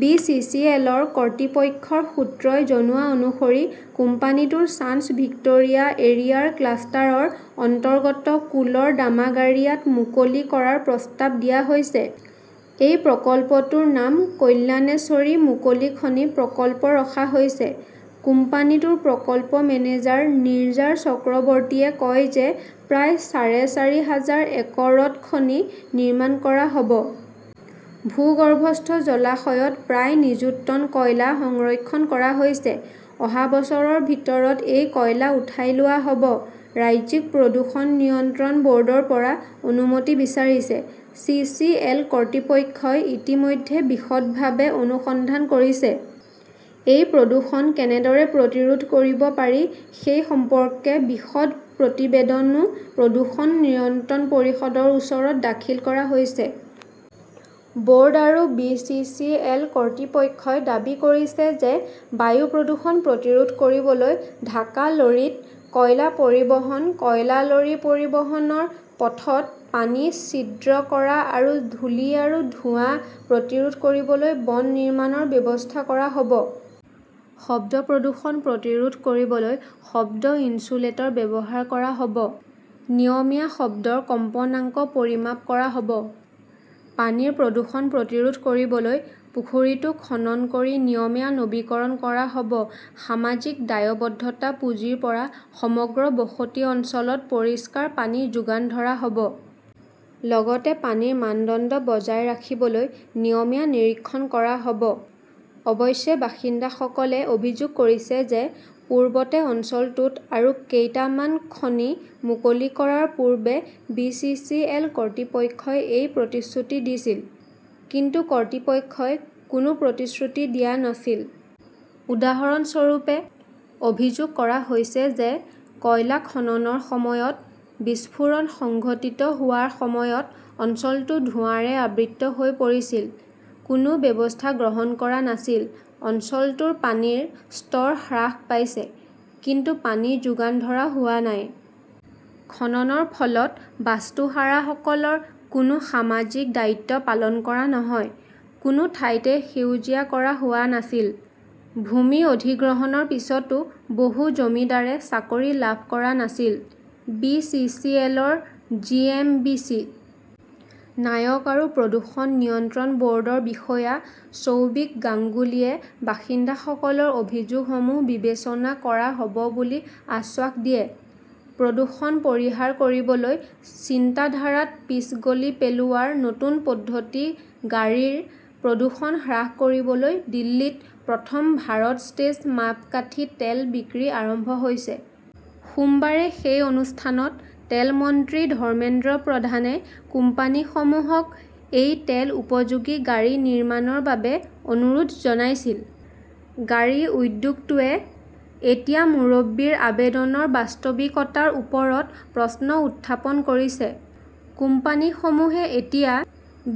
B. C. C. L. -ৰ কৰ্তৃপক্ষৰ সূত্ৰই জনোৱা অনুসৰি, কোম্পানীটোৰ চাঞ্চ ভিক্টোৰিয়া এৰিয়াৰ ক্লাষ্টাৰৰ অন্তৰ্গত কুলৰ দামাগাৰিয়াত মুকলি কৰাৰ প্ৰস্তাৱ দিয়া হৈছে। এই প্ৰকল্পটোৰ নাম "কল্যাণেশ্বৰী" মুকলি খনি প্ৰকল্প ৰখা হৈছে। কোম্পানীটোৰ প্ৰকল্প মেনেজাৰ নিৰ্জাৰ চক্ৰৱৰ্তীয়ে কয় যে, প্ৰায় চাৰে চাৰি হাজাৰ একৰত খনি নিৰ্মাণ কৰা হব। ভূগৰ্ভস্থ জলাশয়ত প্ৰায় নিযুত টন কয়লা সংৰক্ষণ কৰা হৈছে। অহা বছৰৰ ভিতৰত এই কয়লা উঠাই লোৱা হব। ৰাজ্যিক প্ৰদূষণ নিয়ন্ত্ৰণ বৰ্ডৰ পৰা অনুমতি বিচাৰিছে। চি. চি. এল. কৰ্তৃপক্ষই ইতিমধ্যে বিশদভাৱে অনুসন্ধান কৰিছে। এই প্ৰদূষণ কেনেদৰে প্ৰতিৰোধ কৰিব পাৰি, সেই সম্পৰ্কে বিশদ প্ৰতিবেদনো প্ৰদূষণ নিয়ন্ত্ৰণ পৰিষদৰ ওচৰত দাখিল কৰা হৈছে। বৰ্ড আৰু বি. চি. চি. এল. কৰ্তৃপক্ষই দাবী কৰিছে যে, বায়ু প্ৰদূষণ প্ৰতিৰোধ কৰিবলৈ ঢাকা লৰীত কয়লা পৰিবহণ, কয়লা লৰি পৰিবহণৰ পথত পানী ছিদ্ৰ কৰা আৰু ধূলি আৰু ধোঁৱা প্ৰতিৰোধ কৰিবলৈ বন নিৰ্মাণৰ ব্যৱস্থা কৰা হব। শব্দ প্ৰদূষণ প্ৰতিৰোধ কৰিবলৈ শব্দ ইনচুলেটৰ ব্যৱহাৰ কৰা হব। নিয়মীয়া শব্দৰ কম্পনাংক পৰিমাপ কৰা হব। পানীৰ প্ৰদূষণ প্ৰতিৰোধ কৰিবলৈ পুখুৰীটো খনন কৰি নিয়মীয়া নৱীকৰণ কৰা হব, সামাজিক দায়বদ্ধতা পুঁজিৰ পৰা সমগ্ৰ বসতি অঞ্চলত পৰিষ্কাৰ পানী যোগান ধৰা হব। লগতে পানীৰ মানদণ্ড বজাই ৰাখিবলৈ নিয়মীয়া নিৰীক্ষণ কৰা হব। অৱশ্যে বাসিন্দাসকলে অভিযোগ কৰিছে যে, পূৰ্বতে অঞ্চলটোত আৰু কেইটামান খনি মুকলি কৰাৰ পূৰ্বে বি. চি. চি. এল. কৰ্তৃপক্ষই এই প্ৰতিশ্ৰুতি দিছিল। কিন্তু কৰ্তৃপক্ষই কোনো প্ৰতিশ্ৰুতি দিয়া নাছিল। উদাহৰণস্বৰূপে, অভিযোগ কৰা হৈছে যে, কয়লা খননৰ সময়ত বিস্ফোৰণ সংঘটিত হোৱাৰ সময়ত অঞ্চলটো ধোঁৱাৰে আবৃত হৈ পৰিছিল। কোনো ব্যৱস্থা গ্ৰহণ কৰা নাছিল। অঞ্চলটোৰ পানীৰ স্তৰ হ্ৰাস পাইছে। কিন্তু পানী যোগান ধৰা হোৱা নাই। খননৰ ফলত বাস্তুহাৰাসকলৰ কোনো সামাজিক দায়িত্ব পালন কৰা নহয়। কোনো ঠাইতে সেউজীয়া কৰা হোৱা নাছিল। ভূমি অধিগ্ৰহণৰ পিছতো বহু জমিদাৰে চাকৰি লাভ কৰা নাছিল। বি. চি. চি. এল. -ৰ G. M. B. C. Nayak আৰু প্ৰদূষণ নিয়ন্ত্ৰণ বৰ্ডৰ বিষয়া শ্বৌবিক গাংগুলীয়ে বাসিন্দাসকলৰ অভিযোগসমূহ বিবেচনা কৰা হব বুলি আশ্বাস দিয়ে। প্ৰদূষণ পৰিহাৰ কৰিবলৈ চিন্তাধাৰাত পিচ গলি পেলোৱাৰ নতুন পদ্ধতি গাড়ীৰ প্ৰদূষণ হ্ৰাস কৰিবলৈ দিল্লীত প্ৰথম "ভাৰত ষ্টেজ" মাপকাঠি তেল বিক্ৰী আৰম্ভ হৈছে। সোমবাৰে সেই অনুষ্ঠানত তেল মন্ত্ৰী ধৰ্মেন্দ্ৰ প্ৰধানে কোম্পানীসমূহক এই তেল-উপযোগী গাড়ী নিৰ্মাণৰ বাবে অনুৰোধ জনাইছিল। গাড়ী উদ্যোগটোৱে এতিয়া মুৰব্বীৰ আবেদনৰ বাস্তৱিকতাৰ ওপৰত প্ৰশ্ন উত্থাপন কৰিছে। "কোম্পানীসমূহে এতিয়া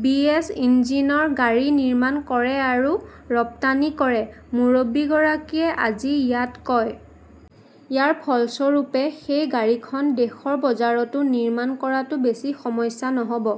বিএছ- ইঞ্জিনৰ গাড়ী নিৰ্মাণ কৰে আৰু ৰপ্তানি কৰে", মুৰব্বীগৰাকীয়ে আজি ইয়াত কয়। ইয়াৰ ফলস্বৰূপে সেই গাড়ীখন দেশৰ বজাৰতো নিৰ্মাণ কৰাটো বেছি সমস্যা নহব।